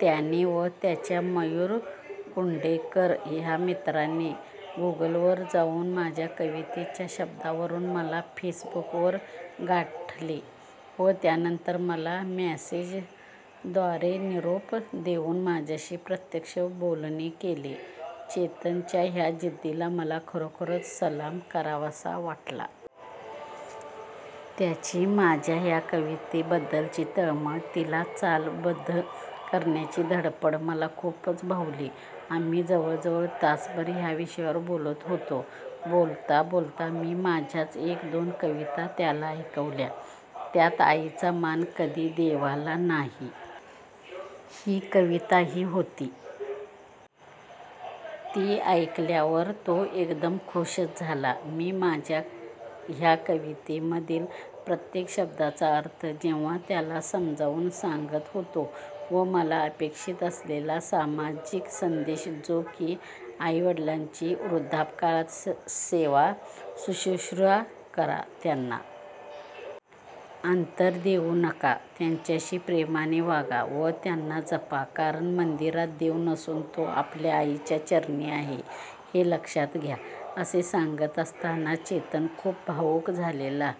त्याने व त्याच्या मयूर कुंडेकर ह्या मित्राने गुगलवर जाऊन माझ्या कवितेच्या शब्दांवरून मला फेसबुकवर गाठले व त्यानंतर मला मेसेंजरद्वारे निरोप देऊन माझ्याशी प्रत्यक्ष बोलणे केले. चेतनच्या ह्या जिद्दीला मला खरोखर सलाम करावासा वाटला. त्याची माझ्या ह्या कवितेबद्दलची तळमळ, तिला चालबद्ध करण्याची धडपड मला खूपच भावली. आम्ही जवळजवळ तासभर ह्या विषयावर बोलत होतो. बोलता बोलता मी माझ्याच एक दोन कविता त्याला ऐकवल्या. त्यात आईचा मान कधी देवाला नाही ही कविताही होती. ती ऐकल्यावर तो एकदम खूशच झाला. मी माझ्या ह्या कवितेमधील प्रत्येक शब्दाचा अर्थ जेव्हा त्याला समजावून सांगत होतो व मला अपेक्षित असलेला सामाजिक संदेश जो की आई वडिलांची वृद्धापकाळात सेवा, सुश्रुषा करा, त्यांना अंतर देऊ नका, त्यांच्याशी प्रेमाने वागा व त्यांना जपा, कारण मंदिरात देव नसून तो आपल्या आईच्या चरणी आहे हे लक्षात घ्या, असे सांगत असताना चेतन खूप भावूक झालेला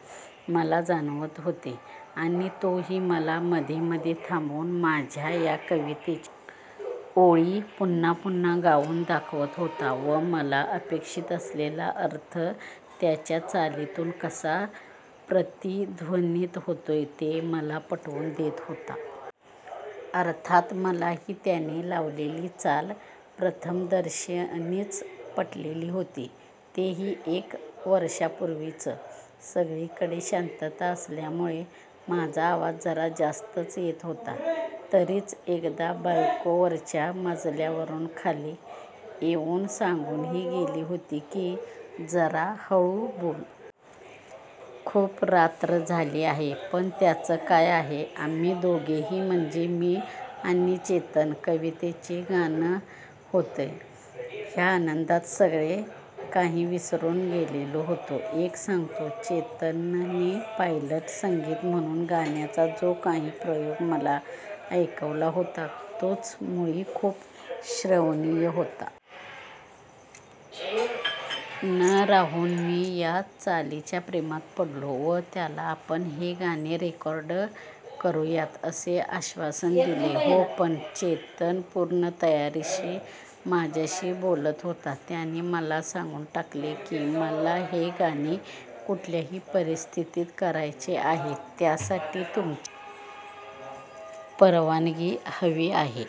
मला जाणवत होते आणि तोही मला मध्ये मध्ये थांबवून माझ्या ह्या कवितेच्या ओळी पुन्हा पुन्हा गाऊन दाखवत होता व मला अपेक्षित असलेला अर्थ त्याच्या चालीतून कसा प्रतिध्वनित होतोय ते मला पटवून देत होता. अर्थात मलाही, त्याने लावलेली चाल प्रथमदर्शनीच पटलेली होती, तेही एक वर्षापूर्वीच! सगळीकडे शांतता असल्यामुळे माझा आवाज जरा जास्तच येत होता. तरीच एकदा बायको वरच्या मजल्यावरून खाली येऊन सांगूनही गेली होती की, जरा हळू बोल! खूप रात्र झाली आहे! पण त्याचं काय आहे, आम्ही दोघेही म्हणजे मी आणि चेतन कवितेचे गाणं होतंय ह्या आनंदात सगळे काही विसरून गेलेलो होतो. एक सांगतो, चेतनने पायलट संगीत म्हणून गाण्याचा जो काही प्रयोग मला ऐकवला होता तोच मुळी खूप श्रवणीय होता. न राहवून मी त्या चालीच्या प्रेमात पडलो व त्याला आपण हे गाणे रेकॉर्ड करूयात असे आश्वासन दिले. हो पण चेतन पूर्ण तयारीनिशी माझ्याशी बोलत होता. त्याने मला सांगून टाकले की, मला हे गाणे कुठल्याही परिस्थितीत करायचेच आहे, त्यासाठी तुमची परवानगी हवी आहे.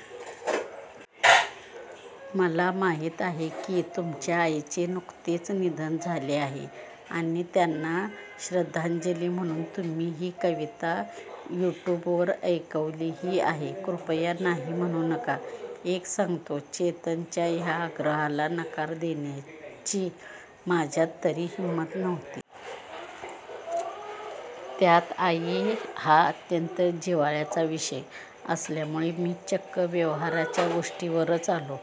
मला माहिती आहे की तुमच्या आईचे नुकतेच निधन झाले आहे आणि त्यांना श्रद्धांजली म्हणून तुम्ही ही कविता यूट्यूबवर ऐकवलीही आहे. कृपया नाही म्हणू नका! एक सांगतो, चेतनच्या ह्या आग्रहाला नकार देण्याची माझ्यात तरी हिंमत नव्हती. त्यात आई हा अत्यंत जिव्हाळ्याचा विषय असल्यामुळे मी चक्क व्यवहाराच्या गोष्टींवरच आलो.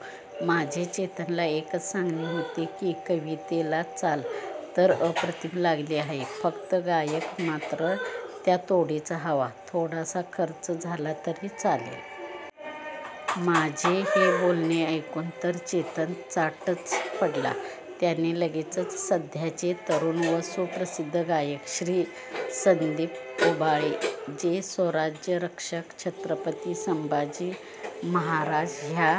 माझे चेतनला एकच सांगणे होते की, कवितेला चाल तर अप्रतिम लागली आहे, फक्त गायक मात्र त्या तोडीचा हवा. थोडासा खर्च झाला तरी चालेल. माझे हे बोलणे ऐकून तर चेतन चाटच पडला. त्याने लगेचच सध्याचे तरुण व सुप्रसिद्ध गायक श्री. संदीप उबाळे, जे स्वराज्यरक्षक छत्रपती संभाजी महाराज ह्या